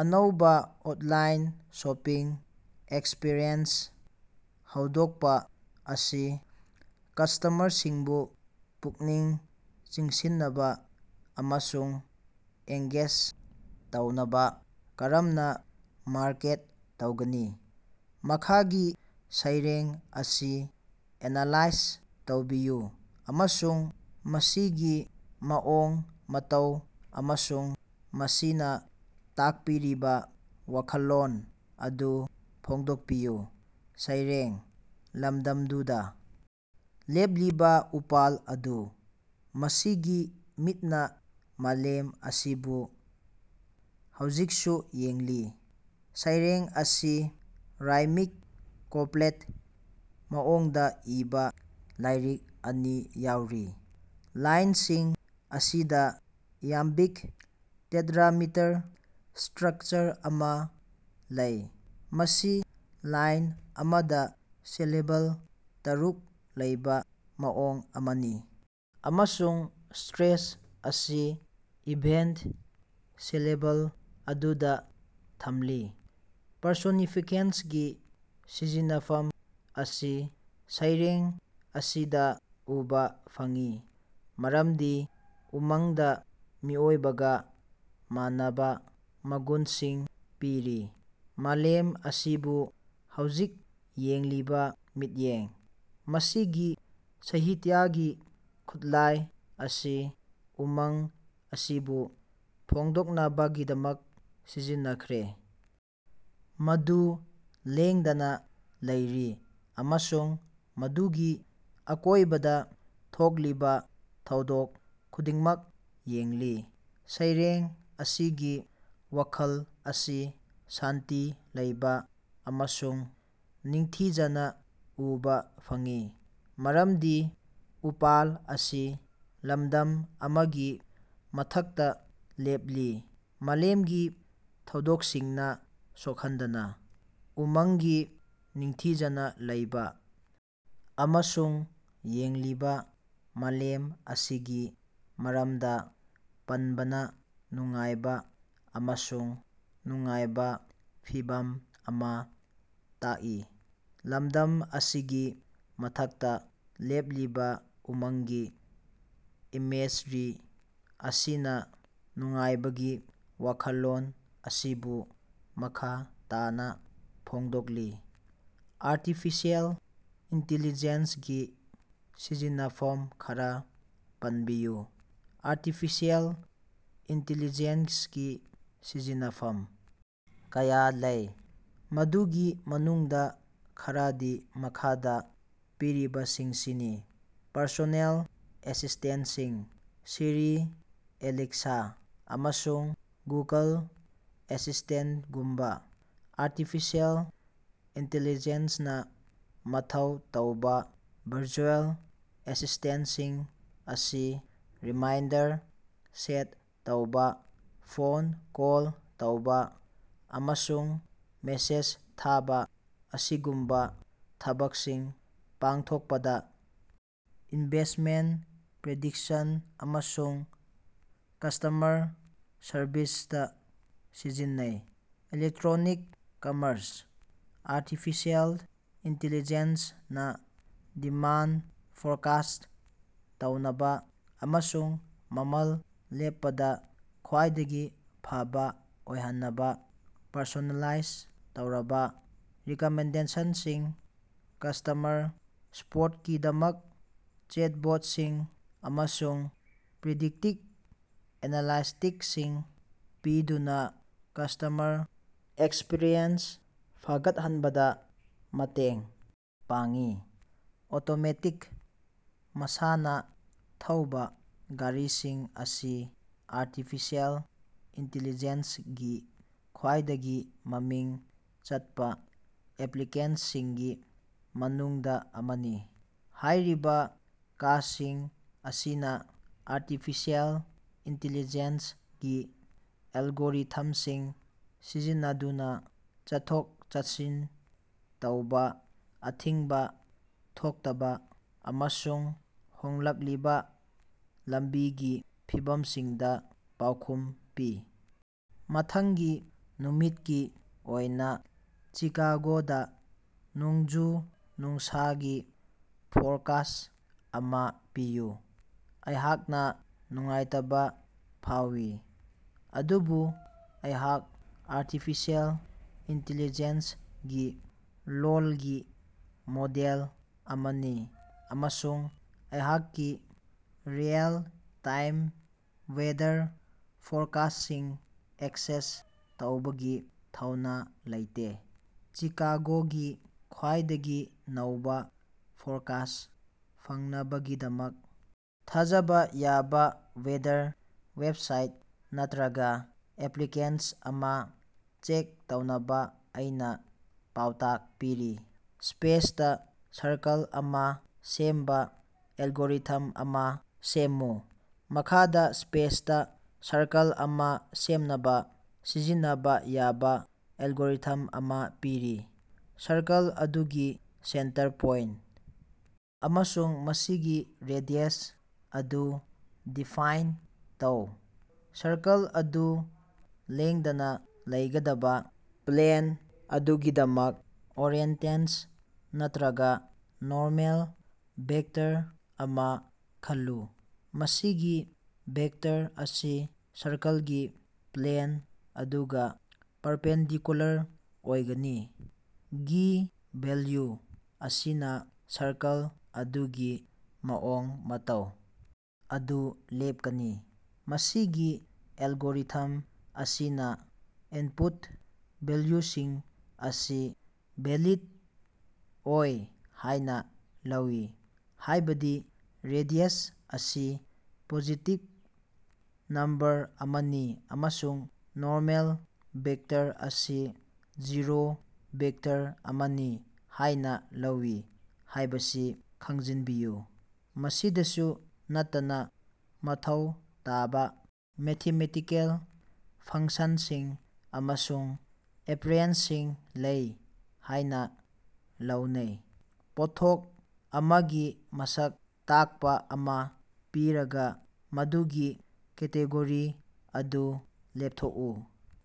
ꯑꯅꯧꯕ online shopping experience ꯍꯧꯗꯣꯛꯄ ꯑꯁꯤ ꯀꯁꯇꯃꯔꯁꯤꯡꯕꯨ ꯄꯨꯛꯅꯤꯡ ꯆꯤꯡꯁꯤꯟꯅꯕ ꯑꯃꯁꯨꯡ ꯑꯦꯡꯒꯦꯖ ꯇꯧꯅꯕ ꯀꯔꯝꯅ ꯃꯥꯔꯀꯦꯠ ꯇꯧꯒꯅꯤ? ꯃꯈꯥꯒꯤ ꯁꯩꯔꯦꯡ ꯑꯁꯤ ꯑꯦꯅꯥꯂꯥꯏꯖ ꯇꯧꯕꯤꯌꯨ ꯑꯃꯁꯨꯡ ꯃꯁꯤꯒꯤ ꯃꯑꯣꯡ ꯃꯇꯧ ꯑꯃꯁꯨꯡ ꯃꯁꯤꯅ ꯇꯥꯛꯄꯤꯔꯤꯕ ꯋꯥꯈꯜꯂꯣꯟ ꯑꯗꯨ ꯐꯣꯡꯗꯣꯛꯄꯤꯌꯨ ꯫ ꯁꯩꯔꯦꯡ: ꯂꯝꯗꯝꯗꯨꯗ ꯂꯦꯞꯂꯤꯕ ꯎꯄꯥꯜ ꯑꯗꯨ, ꯃꯁꯤꯒꯤ ꯃꯤꯠꯅ ꯃꯥꯂꯦꯝ ꯑꯁꯤꯕꯨ ꯍꯧꯖꯤꯛꯁꯨ ꯌꯦꯡꯂꯤ꯫ ꯁꯩꯔꯦꯡ ꯑꯁꯤ ꯔꯥꯏꯃꯤꯡ ꯀꯣꯄ꯭ꯂꯦꯠ ꯃꯑꯣꯡꯗ ꯏꯕ ꯂꯥꯏꯔꯤꯛ ꯑꯅꯤ ꯌꯥꯎꯔꯤ꯫ ꯂꯥꯏꯅꯁꯤꯡ ꯑꯁꯤꯗ ꯏꯌꯥꯝꯕꯤꯛ ꯇꯦꯠꯔꯥꯃꯤꯇꯔ ꯁ꯭ꯇꯔꯛꯆꯔ ꯑꯃ ꯂꯩ, ꯃꯁꯤ ꯂꯥꯏꯟ ꯑꯃꯗ ꯁꯤꯂꯦꯕꯜ ꯇꯔꯨꯛ ꯂꯩꯕ ꯃꯑꯣꯡ ꯑꯃꯅꯤ, ꯑꯃꯁꯨꯡ ꯁ꯭ꯇꯔꯦꯁ ꯑꯁꯤ ꯏꯚꯦꯟꯇ ꯁꯤꯂꯦꯕꯜ ꯑꯗꯨꯗ ꯊꯝꯂꯤ꯫ ꯄꯔꯁꯣꯅꯤꯐꯤꯀꯦꯁꯟꯒꯤ ꯁꯤꯖꯤꯟꯅꯐꯝ ꯑꯁꯤ ꯁꯩꯔꯦꯡ ꯑꯁꯤꯗ ꯎꯕ ꯐꯪꯏ ꯃꯔꯝꯗꯤ ꯎꯃꯪꯗ ꯃꯤꯑꯣꯏꯕꯒ ꯃꯥꯟꯅꯕ ꯃꯒꯨꯟꯁꯤꯡ ꯄꯤꯔꯤ- "ꯃꯥꯂꯦꯝ ꯑꯁꯤꯕꯨ ꯍꯧꯖꯤꯛ ꯌꯦꯡꯂꯤꯕ ꯃꯤꯠꯌꯦꯡ꯫" ꯃꯁꯤꯒꯤ ꯁꯥꯍꯤꯇ꯭ꯌꯒꯤ ꯈꯨꯠꯂꯥꯏ ꯑꯁꯤ ꯎꯃꯪ ꯑꯁꯤꯕꯨ ꯐꯣꯡꯗꯣꯛꯅꯕꯒꯤꯗꯃꯛ ꯁꯤꯖꯤꯟꯅꯈ꯭ꯔꯦ, ꯃꯗꯨ ꯂꯦꯡꯗꯅ ꯂꯩꯔꯤ ꯑꯃꯁꯨꯡ ꯃꯗꯨꯒꯤ ꯑꯀꯣꯏꯕꯗ ꯊꯣꯛꯂꯤꯕ ꯊꯧꯗꯣꯛ ꯈꯨꯗꯤꯡꯃꯛ ꯌꯦꯡꯂꯤ꯫ ꯁꯩꯔꯦꯡ ꯑꯁꯤꯒꯤ ꯋꯥꯈꯜ ꯑꯁꯤ ꯁꯥꯟꯇꯤ ꯂꯩꯕ ꯑꯃꯁꯨꯡ ꯅꯤꯡꯊꯤꯖꯅ ꯎꯕ ꯐꯪꯏ, ꯃꯔꯝꯗꯤ ꯎꯄꯥꯜ ꯑꯁꯤ ꯂꯝꯗꯝ ꯑꯃꯒꯤ ꯃꯊꯛꯇ ꯂꯦꯞꯂꯤ, ꯃꯥꯂꯦꯝꯒꯤ ꯊꯧꯗꯣꯛꯁꯤꯡꯅ ꯁꯣꯛꯍꯟꯗꯅ꯫ ꯎꯃꯪꯒꯤ ꯅꯤꯡꯊꯤꯖꯅ ꯂꯩꯕ ꯑꯃꯁꯨꯡ ꯌꯦꯡꯂꯤꯕ ꯃꯥꯂꯦꯝ ꯑꯁꯤꯒꯤ ꯃꯔꯝꯗ ꯄꯟꯕꯅ ꯅꯨꯡꯉꯥꯏꯕ ꯑꯃꯁꯨꯡ ꯅꯨꯡꯉꯥꯏꯕ ꯐꯤꯚꯝ ꯑꯃ ꯇꯥꯛꯏ꯫ ꯂꯝꯗꯝ ꯑꯁꯤꯒꯤ ꯃꯊꯛꯇ ꯂꯦꯞꯂꯤꯕ ꯎꯃꯪꯒꯤ ꯏꯃꯦꯖꯔꯤ ꯑꯁꯤꯅ ꯅꯨꯡꯉꯥꯏꯕꯒꯤ ꯋꯥꯈꯜꯂꯣꯟ ꯑꯁꯤꯕꯨ ꯃꯈ ꯇꯥꯅ ꯐꯣꯡꯗꯣꯛꯂꯤ꯫ ꯑꯥꯔꯇꯤꯐꯤꯁꯤꯑꯦꯜ ꯏꯟꯇꯦꯂꯤꯖꯦꯟꯁꯀꯤ ꯁꯤꯖꯤꯟꯅꯐꯝ ꯈꯔ ꯄꯟꯕꯤꯌꯨ꯫ ꯑꯥꯔꯇꯤꯐꯤꯁꯤꯑꯦꯜ ꯏꯟꯇꯤꯂꯤꯖꯦꯟꯁꯀꯤ ꯁꯤꯖꯤꯟꯅꯐꯝ ꯀꯌꯥ ꯂꯩ, ꯃꯗꯨꯒꯤ ꯃꯅꯨꯡꯗ ꯈꯔꯗꯤ ꯃꯈꯥꯗ ꯄꯤꯔꯤꯕꯁꯤꯡꯁꯤꯅꯤ: ꯄꯔꯁꯣꯅꯦꯜ ꯑꯦꯁꯤꯁꯇꯦꯟꯇꯁꯤꯡ: ꯁꯤꯔꯤ, ꯑꯦꯂꯦꯛꯁꯥ ꯑꯃꯁꯨꯡ ꯒꯨꯒꯜ ꯑꯦꯁꯤꯁ꯭ꯇꯦꯟꯇꯒꯨꯝꯕ ꯑꯥꯔꯇꯤꯐꯤꯁꯤꯑꯦꯜ ꯏꯟꯇꯦꯂꯤꯖꯦꯟꯁꯅ ꯃꯊꯧ ꯇꯧꯕ ꯚꯔꯆꯨꯑꯦꯜ ꯑꯦꯁꯤꯁ꯭ꯇꯦꯟꯇꯁꯤꯡ ꯑꯁꯤ ꯔꯤꯃꯥꯏꯟꯗꯔ ꯁꯦꯠ ꯇꯧꯕ, ꯐꯣꯟ ꯀꯣꯜ ꯇꯧꯕ ꯑꯃꯁꯨꯡ ꯃꯦꯁꯦꯖ ꯊꯥꯕ ꯑꯁꯤꯒꯨꯝꯕ ꯊꯕꯛꯁꯤꯡ ꯄꯥꯡꯊꯣꯛꯄꯗ ꯏꯟꯚꯦꯁꯠꯃꯦꯟꯇ ꯄ꯭ꯔꯤꯗꯤꯛꯁꯟ ꯑꯃꯁꯨꯡ ꯀꯁꯇꯃꯔ ꯁꯔꯕꯤꯁꯇ ꯁꯤꯖꯤꯟꯅꯩ꯫ ꯏꯂꯦꯇꯔ꯭ꯣꯅꯤꯛ-ꯀꯝꯃꯔꯁ: ꯑꯥꯔꯇꯤꯐꯤꯁꯤꯑꯦꯜ ꯏꯟꯇꯦꯂꯤꯖꯦꯟꯁ ꯅ ꯗꯤꯃꯥꯟꯗ ꯐꯣꯔꯀꯥꯁ꯭ꯠ ꯇꯧꯅꯕ ꯑꯃꯁꯨꯡ ꯃꯃꯜ ꯂꯦꯞꯄꯗ ꯈ꯭ꯋꯥꯏꯗꯒꯤ ꯐꯕ ꯑꯣꯏꯍꯟꯅꯕ ꯄꯔꯁꯣꯅꯦꯂꯥꯏꯖ ꯇꯧꯔꯕ ꯔꯤꯀꯃꯦꯟꯗꯦꯁꯟꯁꯤꯡ, ꯀꯁꯇꯃꯔ ꯁꯄ꯭ꯣꯔꯠꯀꯤꯗꯃꯛ ꯆꯦꯠꯕꯣꯠꯁꯤꯡ ꯑꯃꯁꯨꯡ ꯄ꯭ꯔꯤꯗꯤꯛꯇꯤꯚ ꯑꯦꯅꯥꯂꯥꯏꯇꯤꯛꯁꯁꯤꯡ ꯄꯤꯗꯨꯅ ꯀꯁꯇꯃꯔ ꯑꯦꯛꯁꯄꯔꯤꯌꯦꯟꯁ ꯐꯒꯠꯍꯟꯕꯗ ꯃꯇꯦꯡ ꯄꯥꯡꯏ꯫ ꯑꯣꯇꯣꯃꯣꯇꯤꯚ: ꯃꯁꯥꯅ ꯊꯧꯕ ꯒꯥꯔꯤꯁꯤꯡ ꯑꯁꯤ ꯑꯥꯔꯇꯤꯐꯤꯁꯤꯑꯦꯜ ꯏꯟꯇꯦꯂꯤꯖꯦꯟꯁ ꯒꯤ ꯈ꯭ꯋꯥꯏꯗꯒꯤ ꯃꯃꯤꯡ ꯆꯠꯄ ꯑꯦꯄ꯭ꯂꯤꯀꯦꯁꯟꯁꯤꯡꯒꯤ ꯃꯅꯨꯡꯗ ꯑꯃꯅꯤ꯫ ꯍꯥꯏꯔꯤꯕ ꯀꯥꯁꯤꯡ ꯑꯁꯤꯅ ꯑꯥꯔꯇꯤꯐꯤꯁꯤꯑꯦꯜ ꯏꯟꯇꯦꯂꯤꯖꯦꯟꯁ ꯒꯤ ꯑꯦꯜꯒꯣꯔꯤꯊꯝꯁꯤꯡ ꯁꯤꯖꯤꯟꯅꯗꯨꯅ ꯆꯠꯊꯣꯛ-ꯆꯠꯁꯤꯟ ꯇꯧꯕ, ꯑꯊꯤꯡꯕ ꯊꯣꯛꯇꯕ ꯑꯃꯁꯨꯡ ꯍꯣꯡꯂꯛꯂꯤꯕ ꯂꯝꯕꯤꯒꯤ ꯐꯤꯕꯝꯁꯤꯡꯗ ꯄꯥꯎꯈꯨꯝ ꯄꯤ꯫ ꯃꯊꯪꯒꯤ ꯅꯨꯃꯤꯠꯀꯤ ꯑꯣꯏꯅ ꯆꯤꯀꯥꯒꯣꯗ ꯅꯣꯡꯖꯨ-ꯅꯨꯡꯁꯥꯒꯤ ꯐꯣꯔꯀꯥꯁ꯭ꯠ ꯑꯃ ꯄꯤꯌꯨ꯫ ꯑꯩꯍꯥꯛꯅ ꯅꯨꯡꯉꯥꯏꯇꯕ ꯐꯥꯎꯏ, ꯑꯗꯨꯕꯨ ꯑꯩꯍꯥꯛ ꯑꯥꯔꯇꯤꯐꯤꯁꯤꯑꯦꯜ ꯏꯟꯇꯦꯂꯤꯖꯦꯟꯁ ꯒꯤ ꯂꯣꯜꯒꯤ ꯃꯣꯗꯦꯜ ꯑꯃꯅꯤ ꯑꯃꯁꯨꯡ ꯑꯩꯍꯥꯛꯀꯤ ꯔꯤꯑꯦꯜ-ꯇꯥꯏꯝ ꯋꯦꯗꯔ ꯐꯣꯔꯀꯥꯁ꯭ꯠꯁꯤꯡ ꯑꯦꯛꯁꯦꯁ ꯇꯧꯕꯒꯤ ꯊꯧꯅꯥ ꯂꯩꯇꯦ꯫ ꯆꯤꯀꯥꯒꯣꯒꯤ ꯈ꯭ꯋꯥꯏꯗꯒꯤ ꯅꯧꯕ ꯐꯣꯔꯀꯥꯁ꯭ꯠ ꯐꯪꯅꯕꯒꯤꯗꯃꯛ ꯊꯥꯖꯕ ꯌꯥꯕ ꯋꯦꯗꯔ ꯋꯦꯕꯁꯥꯏꯠ ꯅꯠꯇ꯭ꯔꯒ ꯑꯦꯄ꯭ꯂꯤꯀꯦꯁꯟ ꯑꯃ ꯆꯦꯛ ꯇꯧꯅꯕ ꯑꯩꯅ ꯄꯥꯎꯇꯥꯛ ꯄꯤꯔꯤ꯫ ꯁ꯭ꯄꯦꯁꯇ ꯁꯔꯀꯜ ꯑꯃ ꯁꯦꯝꯕ ꯑꯦꯜꯒꯣꯔꯤꯊꯝ ꯑꯃ ꯁꯦꯝꯃꯨ꯫ ꯃꯈꯥꯗ ꯁ꯭ꯄꯦꯁꯇ ꯁꯔꯀꯜ ꯑꯃ ꯁꯦꯝꯅꯕ ꯁꯤꯖꯤꯟꯅꯕ ꯌꯥꯕ ꯑꯦꯜꯒꯣꯔꯤꯊꯝ ꯑꯃ ꯄꯤꯔꯤ: ꯁꯔꯀꯜ ꯑꯗꯨꯒꯤ ꯁꯦꯟꯇꯔ ꯄꯣꯏꯟꯇ ꯑꯃꯁꯨꯡ ꯃꯁꯤꯒꯤ ꯔꯦꯗꯤꯌꯁ ꯑꯗꯨ ꯗꯤꯐꯥꯏꯟ ꯇꯧ꯫ ꯁꯔꯀꯜ ꯑꯗꯨ ꯂꯦꯡꯗꯅ ꯂꯩꯒꯗꯕ ꯄ꯭ꯂꯦꯟ ꯑꯗꯨꯒꯤꯗꯃꯛ ꯑꯣꯔꯤꯑꯦꯟꯇꯦꯁꯟ ꯅꯠꯇ꯭ꯔꯒ ꯅꯣꯔꯃꯦꯜ ꯚꯦꯛꯇꯔ ꯑꯃ ꯈꯜꯂꯨ꯫ ꯃꯁꯤꯒꯤ ꯚꯦꯛꯇꯔ ꯑꯁꯤ ꯁꯔꯀꯜꯒꯤ ꯄ꯭ꯂꯦꯟ ꯑꯗꯨꯒ ꯄꯥꯔꯄꯦꯟꯗꯤꯀꯨꯂꯔ ꯑꯣꯏꯒꯅꯤ꯫ ꯒꯤ ꯚꯦꯜꯌꯨ ꯑꯁꯤꯅ ꯁꯔꯀꯜ ꯑꯗꯨꯒꯤ ꯃꯑꯣꯡ ꯃꯇꯧ ꯑꯗꯨ ꯂꯦꯞꯀꯅꯤ꯫ ꯃꯁꯤꯒꯤ ꯑꯦꯜꯒꯣꯔꯤꯊꯝ ꯑꯁꯤꯅ ꯏꯟꯄꯨꯠ ꯚꯦꯜꯌꯨꯁꯤꯡ ꯑꯁꯤ ꯚꯦꯂꯤꯗ ꯑꯣꯏ ꯍꯥꯏꯅ ꯂꯧꯏ, ꯍꯥꯏꯕꯗꯤ ꯔꯦꯗꯤꯌꯁ ꯑꯁꯤ ꯄꯣꯖꯤꯇꯤꯚ ꯅꯝꯕꯔ ꯑꯃꯅꯤ ꯑꯃꯁꯨꯡ ꯅꯣꯔꯃꯦꯜ ꯚꯦꯛꯇꯔ ꯑꯁꯤ ꯖꯤꯔꯣ ꯚꯦꯛꯇꯔ ꯑꯃꯅꯤ ꯍꯥꯏꯅ ꯂꯧꯏ ꯍꯥꯏꯕꯁꯤ ꯈꯪꯖꯤꯟꯕꯤꯌꯨ꯫ ꯃꯁꯤꯗꯁꯨ ꯅꯠꯇꯅ ꯃꯊꯧ ꯇꯥꯕ ꯃꯦꯊꯃꯦꯇꯤꯀꯦꯜ ꯐꯪꯁꯟꯁꯤꯡ ꯑꯃꯁꯨꯡ ꯑꯣꯄꯔꯦꯁꯟꯁꯤꯡ ꯂꯩ ꯍꯥꯏꯅ ꯂꯧꯅꯩ꯫ ꯄꯣꯠꯊꯣꯛ ꯑꯃꯒꯤ ꯃꯁꯛ ꯇꯥꯛꯄ ꯑꯃ ꯄꯤꯔꯒ ꯃꯗꯨꯒꯤ ꯀꯦꯇꯦꯒꯣꯔꯤ ꯑꯗꯨ ꯂꯦꯞꯊꯣꯛꯎ꯫